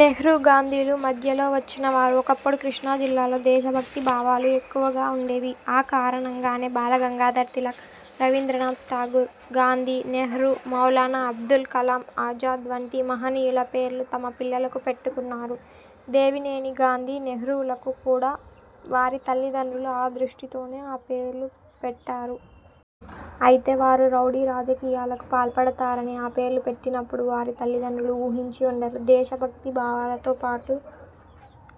నెహ్రూ, గాంధీలు మధ్యలో వచ్చిన వారు. ఒకప్పుడు కృష్ణా జిల్లాలో దేశ భక్తి భావాలు ఎక్కువగా ఉండేవి. ఆ కారణంగానే బాలగంగాధర్ తిలక్, రవీంద్రనాథ్ ఠాగూర్, గాంధి, నెహ్రూ, మౌలానా అబ్దుల్ కలాం ఆజాద్ వంటి మహనీయుల పేర్లు తమ పిల్లలకు పెట్టుకున్నారు. దేవినేని గాంధీ, నెహ్రూలకు కూడా వారి తల్లిదండ్రులు ఆ దృష్టితోనే ఆ పేర్లు పెట్టారు. అయితే వారు రౌడీ రాజకీయాలకు పాల్పడతారని ఆ పేర్లు పెట్టినప్పుడు వారి తల్లిదండ్రులు ఊహించి ఉండరు. దేశభక్తి భావాలతో పాటు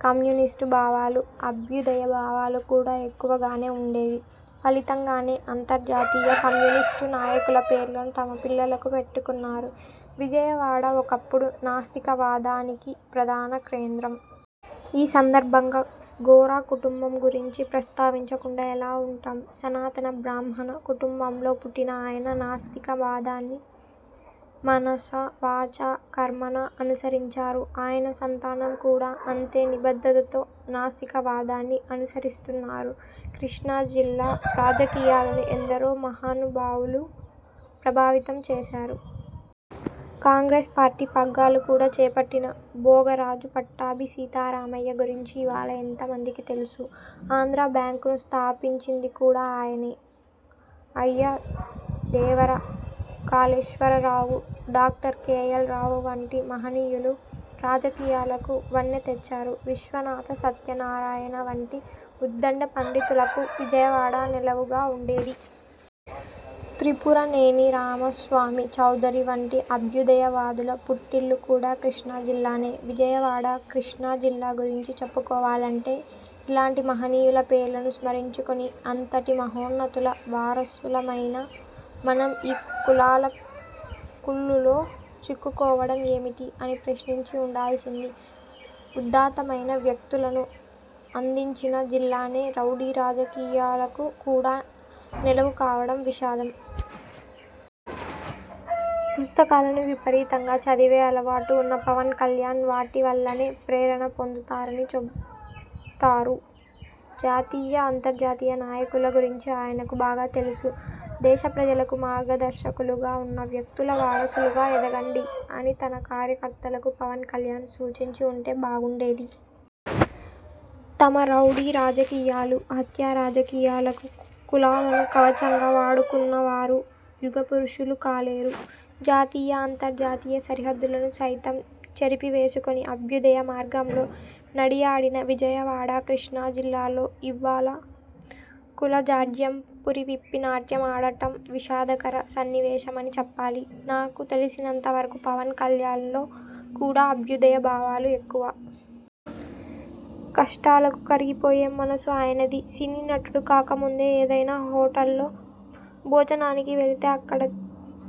కమ్యూనిస్టు భావాలు, అభ్యుదయ భావాలు కూడా ఎక్కువగానే ఉండేవి. ఫలితంగానే అంతర్జాతీయ కమ్యూనిస్టు నాయకుల పేర్లను తమ పిల్లలకు పెట్టుకున్నారు. విజయవాడ ఒకప్పుడు నాస్తికవాదానికి ప్రధాన కేంద్రం. ఈ సందర్భంగా గోరా కుటుంబం గురించి ప్రస్తావించకుండా ఎలా ఉంటాం? సనాతన బ్రాహ్మణ కుటుంబంలో పుట్టిన ఆయన నాస్తిక వాదాన్ని మనసా, వాచా, కర్మణా అనుసరించారు. ఆయన సంతానం కూడా అంతే నిబద్ధతతో నాస్తిక వాదాన్ని అనుసరిస్తున్నారు. కృష్ణా జిల్లా రాజకీయాలను ఎందరో మహానుభావులు ప్రభావితం చేశారు. కాంగ్రెస్ పార్టీ పగ్గాలు కూడా చేపట్టిన భోగ రాజు పట్టాభి సీతారామయ్య గురించి ఇవాళ ఎంత మందికి తెలుసు? ఆంధ్రా బ్యాంకును స్థాపించింది కూడా ఆయనే! Ayyadevara Kaleswara Rao, doctor K. L. Rao వంటి మహనీయులు రాజకీయాలకు వన్నె తెచ్చారు. విశ్వనాథ సత్యనారాయణ వంటి ఉద్ధండ పండితులకు విజయవాడ నెలవుగా ఉండేది. త్రిపురనేని రామస్వామి చౌదరి వంటి అభ్యుదయ వాదుల పుట్టిల్లు కూడా కృష్ణా జిల్లానే! విజయవాడ, కృష్ణా జిల్లా గురించి చెప్పుకోవాలంటే ఇలాంటి మహనీయుల పేర్లను స్మరించుకుని, అంతటి మహోన్నతుల వారసులమైన మనం ఈ కులాల కుళ్లులో చిక్కుకోవడం ఏమిటి? అని ప్రశ్నించి ఉండాల్సింది. ఉదాత్తమైన వ్యక్తులను అందించిన జిల్లానే రౌడీ రాజకీయాలకు కూడా నెలవు కావడం విషాదం. పుస్తకాలను విపరీతంగా చదివే అలవాటు ఉన్న పవన్ కల్యాణ్ వాటి వల్లనే ప్రేరణ పొందుతారని చెబుతారు. జాతీయ, అంతర్జాతీయ నాయకుల గురించి ఆయనకు బాగా తెలుసు. దేశ ప్రజలకు మార్గదర్శకులుగా ఉన్న వ్యక్తుల వారసులుగా ఎదగండి అని తన కార్యకర్తలకు పవన్ కల్యాణ్ సూచించి ఉంటే బాగుండేది. తమ రౌడీ రాజకీయాలు, హత్యా రాజకీయాలకు కులాలను కవచంగా వాడుకున్నవారు యుగ పురుషులు కాలేరు. జాతీయ, అంతర్జాతీయ సరిహద్దులను సైతం చెరిపివేసుకుని అభ్యుదయ మార్గంలో నడియాడిన విజయవాడ, కృష్ణా జిల్లాలో ఇవ్వాళ కుల జాఢ్యం పురి విప్పి నాట్యమాడటం విషాదకర సన్నివేశమేనని చెప్పాలి. నాకు తెలిసినంత వరకు పవన్ కల్యాణ్ లో కూడా అభ్యుదయ భావాలు ఎక్కువ! కష్టాలకు కరిగిపోయే మనసు ఆయనది! సినీ నటుడు కాకముందే ఏదైనా హోటల్లో భోజనానికి వెళితే అక్కడ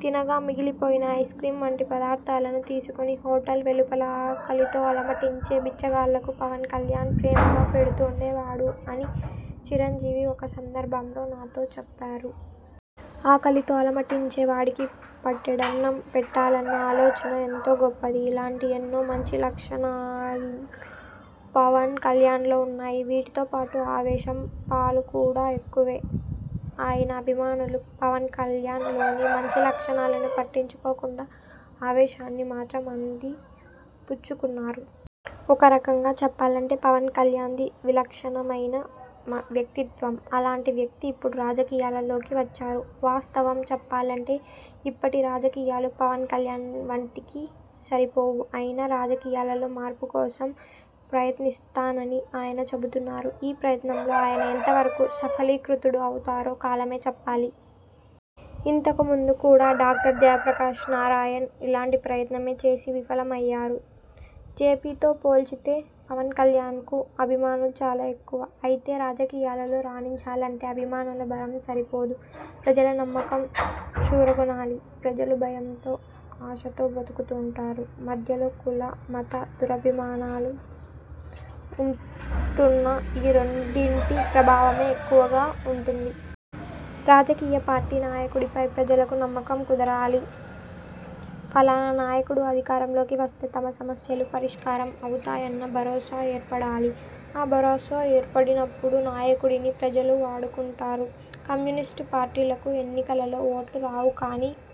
తినగా మిగిలిపోయిన ఐస్క్రీమ్ వంటి పదార్థాలను తీసుకుని హోటల్ వెలుపల ఆకలితో అలమటించే బిచ్చగాళ్లకు పవన్ కల్యాణ్ ప్రేమగా పెడుతుండే వాడు అని చిరంజీవి ఒక సందర్భంలో నాతో చెప్పారు. ఆకలితో అలమటించే వాడికి పట్టెడన్నం పెట్టాలన్న ఆలోచన ఎంతో గొప్పది. ఇలాంటి ఎన్నో మంచి లక్షణాలు పవన్ కల్యాణ్ లో ఉన్నాయి. వీటితో పాటు ఆవేశం పాలు కూడా ఎక్కువే! ఆయన అభిమానులు పవన్ కల్యాణ్ లోని మంచి లక్షణాలను పట్టించుకోకుండా ఆవేశాన్ని మాత్రం అందిపుచ్చుకున్నారు. ఒక రకంగా చెప్పాలంటే పవన్ కల్యాణ్ది విలక్షణమైన వ్యక్తిత్వం. అలాంటి వ్యక్తి ఇప్పుడు రాజకీయాలలోకి వచ్చారు. వాస్తవం చెప్పాలంటే ఇప్పటి రాజకీయాలు పవన్ కల్యాణ్ వంటికి సరిపోవు. అయినా రాజకీయాలలో మార్పు కోసం ప్రయత్నిస్తానని ఆయన చెబుతున్నారు. ఈ ప్రయత్నంలో ఆయన ఎంతవరకు సఫలీకృతుడు అవుతారో కాలమే చెప్పాలి. ఇంతకు ముందు కూడా డాక్టర్ జయప్రకాశ్ నారాయణ్ ఇలాంటి ప్రయత్నమే చేసి విఫలం అయ్యారు. జేపీతో పోల్చితే పవన్ కల్యాణ్కు అభిమానులు చాలా ఎక్కువ. అయితే రాజకీయాలలో రాణించాలంటే అభిమానుల బలం సరిపోదు. ప్రజల నమ్మకం చూరగొనాలి. ప్రజలు భయంతో, ఆశతో బతుకుతుంటారు. మధ్యలో కుల, మత దురభిమానాలు ఉంటున్నా ఈ రెండింటి ప్రభావమే ఎక్కువగా ఉంటుంది. రాజకీయ పార్టీ నాయకుడిపై ప్రజలకు నమ్మకం కుదరాలి. ఫలానా నాయకుడు అధికారంలోకి వస్తే తమ సమస్యలు పరిష్కారం అవుతాయన్న భరోసా ఏర్పడాలి. ఆ భరోసా ఏర్పడనప్పుడు నాయకుడిని ప్రజలు వాడుకుంటారు. కమ్యూనిస్టు పార్టీలకు ఎన్నికలలో ఓట్లు రావు కానీ